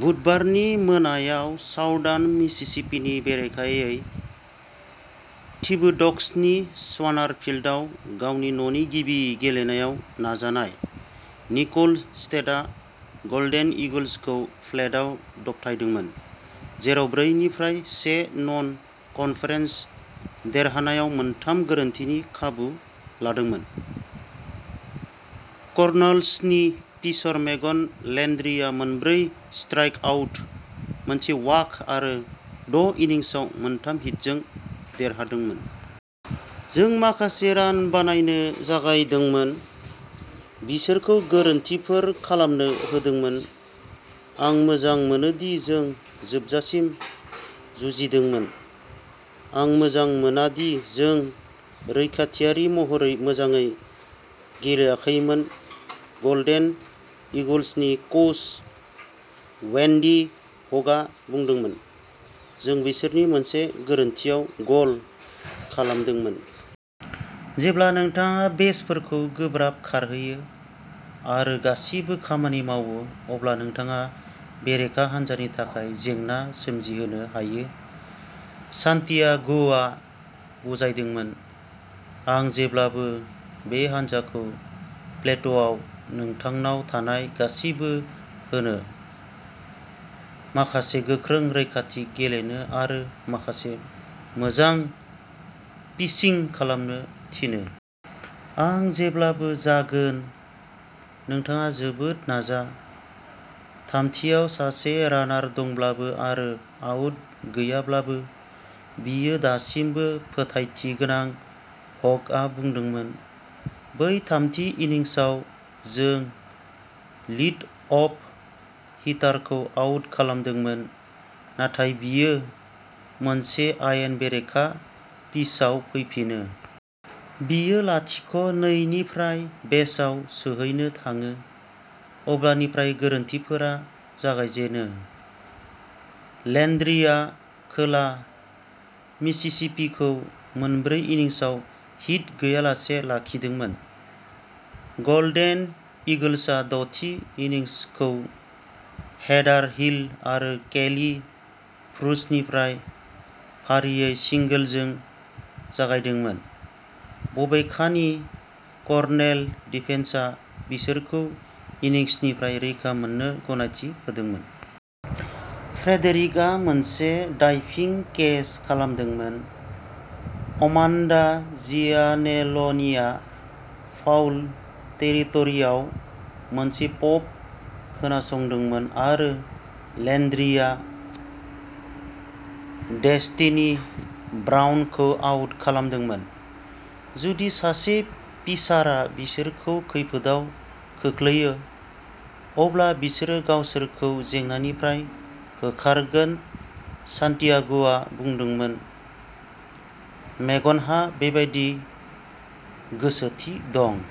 बुधबारनि मोनायाव साउदार्न मिसिसिपिनि बेरेखायै थिबोड'क्सनि स्वानार फील्डआव गावनि न'नि गिबि गेलेनायाव नाजानाय। निकल्स स्टेटआ गल्डेन ईगल्सखौ प्लेटआव दबथायदोंमोन, जेराव ब्रै निफ्राय से नन कन्फेरेन्स देरहानायाव मोनथाम गोरोन्थिनि खाबु लादोंमोन। कर्नल्सनि पिचर मेगन लेन्ड्रिआ मोनब्रै स्ट्राइकआउट, मोनसे वाक आरो द'इन्निंसआव मोनथाम हिटजों देरहादोंमोन। जों माखासे रान बानायनो जागायदोंमोन, बिसोरखौ गोरोन्थिफोर खालामनो होदोंमोन। आं मोजां मोनोदि जों जोबजासिम जुजिदोंमोन। आं मोजां मोना दि जों रैखाथियारि महरै मोजाङै गेलेयाखैमोन गल्डेन ईगल्सनि कच वेन्डी ह'गआ बुंदोंमोन। जों बिसोरनि मोनसे गोरोन्थिआव गल खालामदोंमोन। जेब्ला नोंथाङा बेसफोरखौ गोब्राब खारहोयो आरो गासिबो खामानि मावो, अब्ला नोंथाङा बेरेखा हान्जानि थाखाय जेंना सोमजिहोनो हायो सान्टियागोआ बुजायदोंमोन। आं जेब्लाबो बे हान्जाखौ प्लेटआव नोंथांनाव थानाय गासिबो होनो, माखासे गोख्रों रैखाथि गेलेनो आरो माखासे मोजां पिचिंग खालामनो थिनो। आं जेब्लाबो जागोन। नोंथाङा जोबोद नाजा। थामथिआव सासे रानार दंब्लाबो आरो आउट गैयाब्लाबो, बियो दासिमबो फोथायथि गोनां हगआ बुंदोंमोन। बै थामथि इन्निंसआव, जों लिडअफ हिटारखौ आउट खालामदोंमोन, नाथाय बेयो मोनसे आयेन बेरेखा पिचआव फैफिनो। बियो लाथिक' नै निफ्राय बेसआव सौहैनो थाङो। अब्लानिफ्राय गोरोन्थिफोरा जागायजेनो। लेन्ड्रिआ खोला मिसिसिपिखौ मोनब्रै इन्निंसआव हिट गैयालासे लाखिदोंमोन। गल्डेन ईगल्सआ द'थि इन्निंसखौ हेदार हिल आरो केली फ्रुजनिफ्राय फारियै सिंगोलजों जागायदोंमोन। बबेखानि कर्नेल डिफेन्सआ बिसोरखौ इनिंसनिफ्राय रैखा मोननो गनायथि होदोंमोन। फ्रेडरिकआ मोनसे डाइभिं केच खालामदोंमोन, अमान्डा जियानेल'नीआ फाउल टेरिट'रिआव मोनसे पप खोनासंदोंमोन आरो लेन्ड्रिआ डेस्टिनी ब्राउनखौ आउट खालामदोंमोन। जुदि सासे पिचारआ बिसोरखौ खैफोदआव खोख्लैयो, अब्ला बिसोरो गावसोरखौ जेंनानिफ्राय होखारगोन सान्टियागोआ बुंदोंमोन। मेगनहा बेबादि गोसोथि दं।